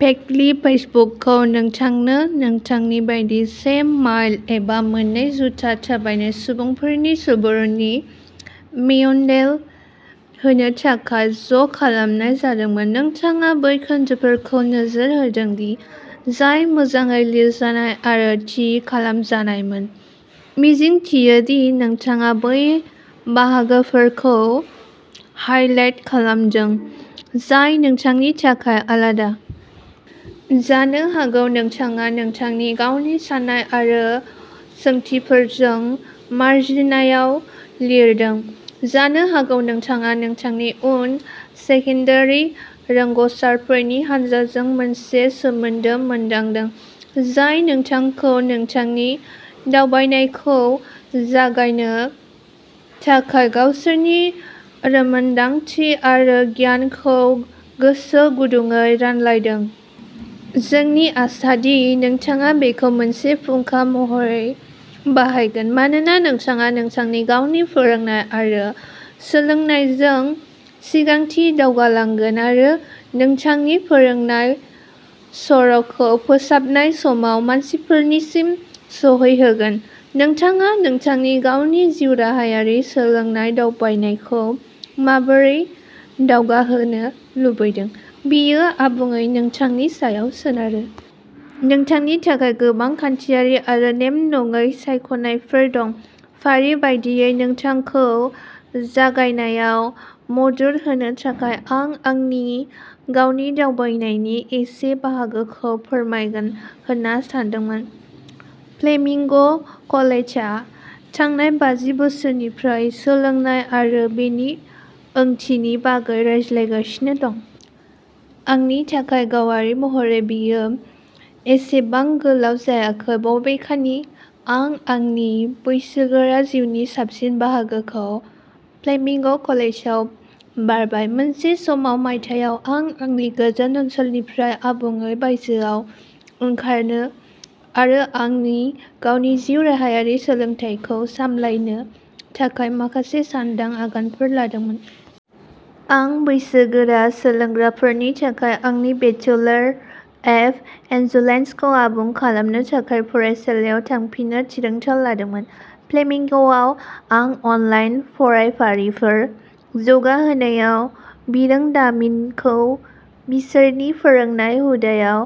Faculty पैचबुकखौ नोंथांनो नोंथांनि बायदि से माइल एबा मोननै जुथा थाबायनाय सुबुंफोरनि सुबुरुननि मेनुएल होनो थाखाय ज'खालामनाय जादोंमोन। नोंथाङा बै खोन्दोफोरखौ नोजोर होदोंदि जाय मोजाङै लिरजानाय आरो थि खालामजानायमोन, मिजिंथियो दि नोंथाङा बै बाहागोफोरखौ हाइलाइट खालामदों जाय नोंथांनि थाखाय आलादा। जानो हागौ नोंथाङा नोंथांनि गावनि साननाय आरो सोंथिफोरजों 'मार्जिनआव लिरदों'। जानो हागौ नोंथाङा नोंथांनि उन सेकेन्डारि रोंग'सारफोरनि हान्जाजों मोनसे सोमोन्दो मोनदांदों, जाय नोंथांखौ नोंथांनि दावबायनायखौ जागायनो थाखाय गावसोरनि रोंमोनदांथि आरो गियानखौ गोसोगुदुंयै रानलायदों। जोंनि आसा दि नोंथाङा बेखौ मोनसे फुंखा महरै बाहायगोन। मानोना नोंथाङा नोंथांनि गावनि फोरोंनाय आरो सोलोंनायजों सिगांथिं दावगालांगोन आरो नोंथांनि फोरोंनाय सर'खौ फोसाबनाय समाव मानसिफोरसिम सौहैगोन। नोंथाङा नोंथांनि गावनि जिउराहायारि सोलोंनाय दावबायनायखौ माबोरै दावगाहोनो लुबैदों बेयो आबुङै नोंथांनि सायाव सोनारो। नोंथांनि थाखाय गोबां खान्थियारि आरो नेम नङै सायख'नायफोर दं। फारि बायदियै नोंथांखौ जागायनायाव मदद होनो थाखाय आं आंनि गावनि दावबायनायनि एसे बाहागोखौ फोरमायगोन होनना सानदोंमोन। फ्लेमिंग कलेजआ थांनाय बाजि बोसोरफोरनिफ्राय सोलोंनाय आरो बेनि ओंथिनि बागै रायज्लायगासिनो दं। आंनि थाखाय गावारि महरै बेयो एसेबां गोलाव जायाखै, बबेखानि आं आंनि बैसोगोरा जिउनि साबसिन बाहागोखौ फ्लेमिंग कलेजाव बारबाय। मोनसे समाव मायथाइयाव आं आंनि गोजोन ओनसोलनिफ्राय आबुङै बायजोआव ओंखारनो आरो आंनि गावनि जिउ राहायारि सोलोंथाइखौ सामलायनो थाखाय माखासे सान्दां आगानफोर लादोंमोन। आं बैसोगोरा सोलोंग्राफोरनि थाखाय आंनि बेचलर अफ एजुकेसनखौ आबुं खालामनो थाखाय फरायसालियाव थांफिननो थिरांथा लादोंमोन। फ्लेमिंगआव आं अनलाइन फरायफारिफोर जौगाहोनायाव बिरोंदामिनखौ बिसोरनि फोरोंनाय हुदाआव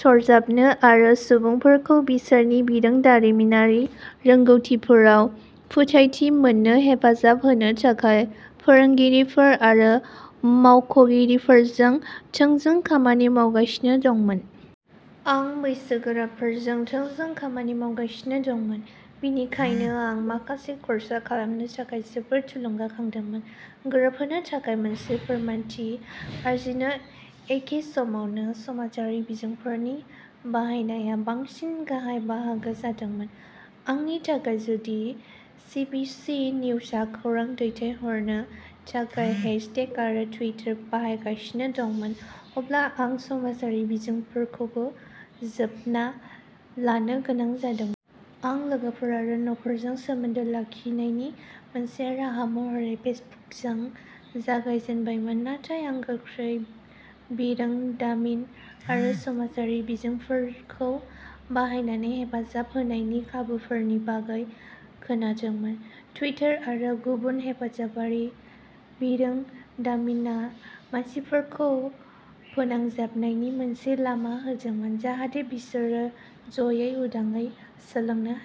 सरजाबनो आरो सुबुंफोरखौ बिसोरनि बिरोंदारिमिनारि रोंग'थिफोराव फोथायथि मोननो हेफाजाब होनो थाखाय फोरोंगिरिफोर आरो मावख'गिरिफोरजों थोंजों खामानि मावगासिनो दंमोन। आं बैसोगोराफोरजों थोंजों खामानि मावगासिनो दंमोन, बेनिखायनो आं माखासे खर्सा खालामनो थाखाय जोबोद थुलुंगाखांदोंमोन। गोरोबहोनो थाखाय मोनसे फोरमानथि आरजिनो एखे समावनो समाजारि बिजोंफोरनि बाहायनाया बांसिन गाहाय बाहागो जादोंमोन। आंनि थाखाय जुदि सिबिसि निउसआ खौरां दैथायहरनो थाखाय हैशटेग आरो टुइटार बाहायगासिनो दंमोन, अब्ला आं समाजारि बिजोंफोरखौबो जोबना लानो गोनां जादोंमोन। आं लोगोफोर आरो नखरजों सोमोन्दो लाखिनायनि मोनसे राहा महरै फेसबुकजों जागायजेनबायमोन, नाथाय आं गोख्रै बिरोंदामिन आरो समाजारि बिजोंफोरखौ बाहायनानै हेफाजाब होनायनि खाबुफोरनि बागै खोनादोंमोन। टुइटार आरो गुबुन हेफाजाबारि बिरोंदामिनआ मानसिफोरखौ फोनांजाबनायनि मोनसे लामा होदोंमोन जाहाथे बिसोरो जयै, उदाङै सोलोंनो हायो।